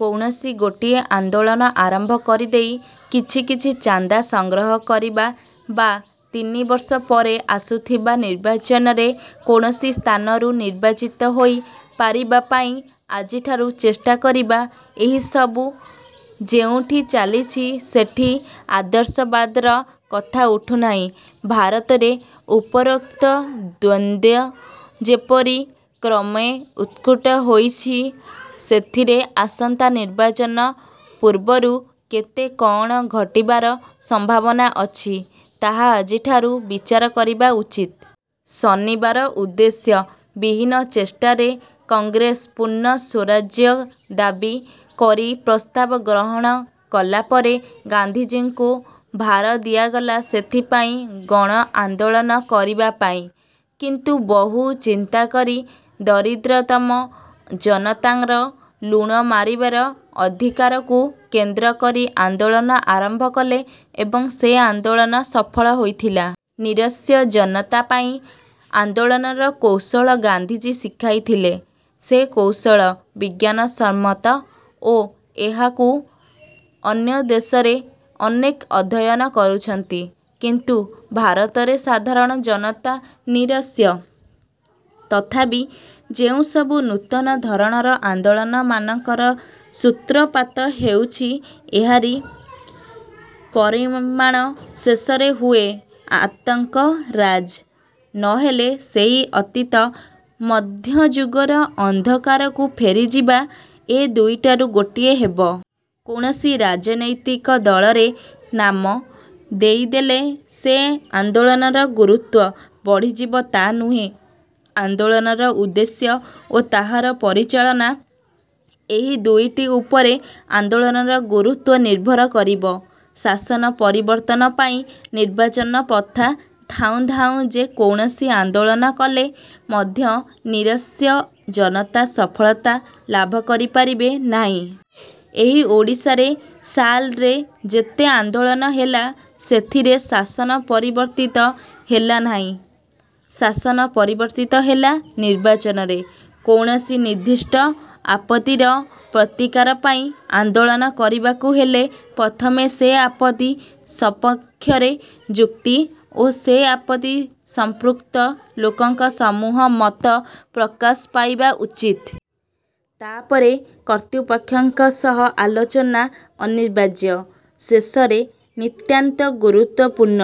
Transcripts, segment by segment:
କୌଣସି ଗୋଟିଏ ଆନ୍ଦୋଳନ ଆରମ୍ଭ କରିଦେଇ, କିଛି କିଛି ଚାନ୍ଦା ସଂଗ୍ରହ କରିବା ବା ତିନିବର୍ଷ ପରେ ଆସୁଥିବା ନିର୍ବାଚନରେ କୌଣସି ସ୍ଥାନରୁ ନିର୍ବାଚିତ ହୋଇ ପାରିବା ପାଇଁ ଆଜିଠାରୁ ଚେଷ୍ଟା କରିବା ଏହିସବୁ ଯେଉଁଠି ଚାଲିଛି ସେଠି ଆଦର୍ଶବାଦର କଥା ଉଠୁନାହିଁ। ଭାରତରେ ଉପରୋକ୍ତ ଦ୍ୱନ୍ଦ୍ୱ ଯେପରି କ୍ରମେ ଉତ୍କଟ ହେଉଛି, ସେଥିରେ ଆସନ୍ତା ନିର୍ବାଚନ ପୂର୍ବରୁ କେତେ କଅଣ ଘଟିବାର ସମ୍ଭାବନା ଅଛି ତାହା ଆଜିଠାରୁ ବିଚାର କରିବା ଉଚିତ। ଶନିବାର ଉଦ୍ଦେଶ୍ୟ ବିହୀନ ଚେଷ୍ଟା ରେ କଂଗ୍ରେସ ପୂର୍ଣ୍ଣ ସ୍ୱରାଜ୍ୟ ଦାବି କରି ପ୍ରସ୍ତାବ ଗ୍ରହଣ କଲାପରେ ଗାନ୍ଧିଜୀଙ୍କୁ ଭାର ଦିଆଗଲା ସେଥିପାଇଁ ଗଣଆନ୍ଦୋଳନ କରିବା ପାଇଁ। କିନ୍ତୁ ବହୁ ଚିନ୍ତାକରି ଦରିଦ୍ରତମ ଜନତାର ଲୁଣ ମାରିବାର ଅଧିକାରକୁ କେନ୍ଦ୍ର କରି ଆନ୍ଦୋଳନ ଆରମ୍ଭ କଲେ ଏବଂ ସେ ଆନ୍ଦୋଳନ ସଫଳ ହୋଇଥିଲା। ନିରସ୍ତ୍ର ଜନତାପାଇଁ ଆନ୍ଦୋଳନର କୌଶଳ ଗାନ୍ଧିଜୀ ଶିଖାଇଥିଲେ। ସେ କୌଶଳ ବିଜ୍ଞାନସମ୍ମତ ଓ ଏହାକୁ ଅନ୍ୟ ଦେଶରେ ଅନେକେ ଅଧ୍ୟୟନ କରୁଛନ୍ତି; କିନ୍ତୁ ଭାରତରେ ସାଧାରଣ ଜନତା ନିରସ୍ତ୍ର। ତଥାପି ଯେଉଁସବୁ ନୂତନ ଧରଣର ଆନ୍ଦୋଳନମାନଙ୍କର ସୂତ୍ରପାତ ହେଉଛି ଏହାରି ପରିମାଣ ଶେଷରେ ହୁଏ ଆତଙ୍କରାଜ; ନ ହେଲେ ସେହି ଅତୀତ ମଧ୍ୟଯୁଗର ଅନ୍ଧକାରକୁ ଫେରିଯିବା, ଏ ଦୁଇଟାରୁ ଗୋଟିଏ ହେବ। କୌଣସି ରାଜନୈତିକ ଦଳରେ ନାମ ଦେଇଦେଲେ ଯେ ଆନ୍ଦୋଳନର ଗୁରୁତ୍ୱ। ବଢ଼ିଯିବ ତା' ନୁହେଁ। ଆନ୍ଦୋଳନର ଉଦ୍ଦେଶ୍ୟ ଓ ତାହାର ପରିଚାଳନା ଏହି ଦୁଇଟି ଉପରେ ଆନ୍ଦୋଳନର ଗୁରୁତ୍ୱ ନିର୍ଭର କରିବ। ଶାସନ ପରିବର୍ତ୍ତନ ପାଇଁ ନିର୍ବାଚନ ପ୍ରଥା ଥାଉଁ ଥାଉଁ ଯେ କୌଣସି ଆନ୍ଦୋଳନ କଲେ ମଧ୍ୟ ନିରସ୍ତ୍ର ଜନତା ସଫଳତା ଲାଭ କରିପାରିବେ ନାହିଁ। ଏହି ଓଡ଼ିଶାରେ ସାଲରେ ଯେତେ ଆନ୍ଦୋଳନ ହେଲା, ସେଥିରେ ଶାସନ ପରିବର୍ତ୍ତିତ ହେଲା ନାହିଁ। ଶାସନ ପରିବର୍ତ୍ତିତ ହେଲା ନିର୍ବାଚନରେ। କୌଣସି ନିର୍ଦ୍ଦିଷ୍ଟ ଆପତ୍ତିର ପ୍ରତିକାର ପାଇଁ ଆନ୍ଦୋଳନ କରିବାକୁ ହେଲେ ପ୍ରଥମେ ସେ ଆପତ୍ତି ସପକ୍ଷରେ ଯୁକ୍ତି ଓ ସେ ଆପତ୍ତି ସଂପୃକ୍ତ ଲୋକଙ୍କ ସମୂହ ମତ ପ୍ରକାଶ ପାଇବା ଉଚିତ। ତା'ପରେ କର୍ତ୍ତୃପକ୍ଷଙ୍କ ସହ ଆଲୋଚନା ଅନିବାର୍ଯ୍ୟ। ଶେଷରେ ନିତାନ୍ତ ଗୁରୁତ୍ୱପୂର୍ଣ୍ଣ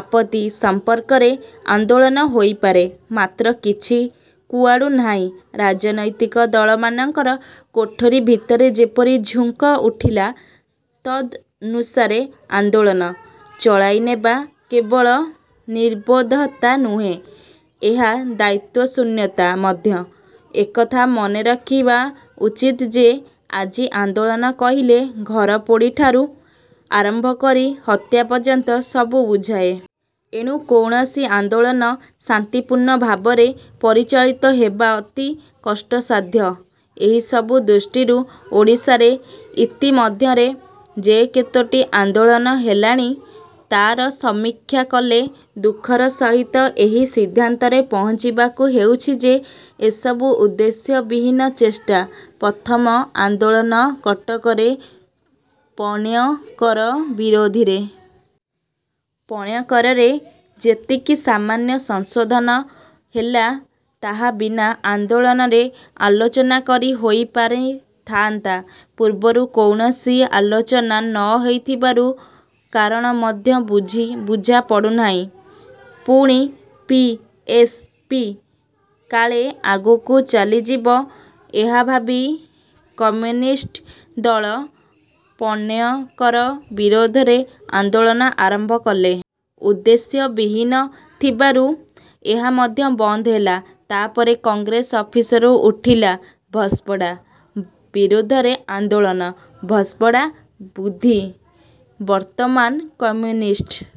ଆପତ୍ତି ସମ୍ପର୍କରେ ଆନ୍ଦୋଳନ ହୋଇପାରେ। ମାତ୍ର କିଛି କୁଆଡ଼ୁ ନାହିଁ, ରାଜନୈତିକ ଦଳମାନଙ୍କର କୋଠରୀ ଭିତରେ ଯେପରି ଝୁଙ୍କ ଉଠିଲା ତଦନୁସାରେ ଆନ୍ଦୋଳନ, ଚଳାଇନେବା କେବଳ ନିର୍ବୋଧତା ନୁହେଁ, ଏହା ଦାୟିତ୍ୱଶୂନ୍ୟତା ମଧ୍ୟ। ଏକଥା ମନେ ରଖିବା ଉଚିତ ଯେ, ଆଜି ଆନ୍ଦୋଳନ କହିଲେ ଘରପୋଡ଼ିଠାରୁ ଆରମ୍ଭ କରି ହତ୍ୟା ପର୍ଯ୍ୟନ୍ତ ସବୁ ବୁଝାଏ। ଏଣୁ କୌଣସି ଆନ୍ଦୋଳନ ଶାନ୍ତିପୂର୍ଣ୍ଣ ଭାବରେ ପରିଚାଳିତ ହେବା ଅତି କଷ୍ଟସାଧ୍ୟ। ଏହିସବୁ ଦୃଷ୍ଟିରୁ ଓଡ଼ିଶାରେ ଇତିମଧ୍ୟରେ ଯେ କେତୋଟି ''ଆନ୍ଦୋଳନ'' ହେଲାଣି ତା'ର ସମୀକ୍ଷା କଲେ ଦୁଃଖର ସହିତ ଏହି ସିଦ୍ଧାନ୍ତରେ ପହଞ୍ଚିବାକୁ ହେଉଛି ଯେ ଏସବୁ ଉଦ୍ଦେଶ୍ୟ ବିହୀନ ଚେଷ୍ଟା। ପ୍ରଥମ ଆନ୍ଦୋଳନ କଟକରେ ପଣ୍ୟକର ବିରୋଧରେ। ପଣ୍ୟକରରେ ଯେତିକି ସାମାନ୍ୟ ସଂଶୋଧନ ହେଲା ତାହା ବିନା ଆନ୍ଦୋଳନରେ ଆଲୋଚନା କରି ହୋଇପାରି ଥାନ୍ତା। ପୂର୍ବରୁ କୌଣସି ଆଲୋଚନା ନ ହୋଇଥିବାରୁ କାରଣ ମଧ୍ୟ ବୁଝାପଡ଼ୁନାହିଁ। ପୁଣି ପି. ଏସ. ପି. କାଳେ ଆଗକୁ ଚାଲିଯିବ ଏହା ଭାବି କମ୍ୟୁନିଷ୍ଟ ଦଳ ପଣ୍ୟକର ବିରୋଧରେ ଆନ୍ଦୋଳନ ଆରମ୍ଭ କଲେ। ଉଦ୍ଦେଶ୍ୟ ବିହୀନ ଥିବାରୁ ଏହା ମଧ୍ୟ ବନ୍ଦ ହେଲା। ତା'ପରେ କଂଗ୍ରେସ ଅଫିସରୁ ଉଠିଲା ବସ୍ଭଡ଼ା ବିରୋଧରେ ଆନ୍ଦୋଳନ। ବସ୍ଭଡ଼ା ବୃଦ୍ଧି ବର୍ତ୍ତମାନ କମ୍ୟୁନିଷ୍ଟ,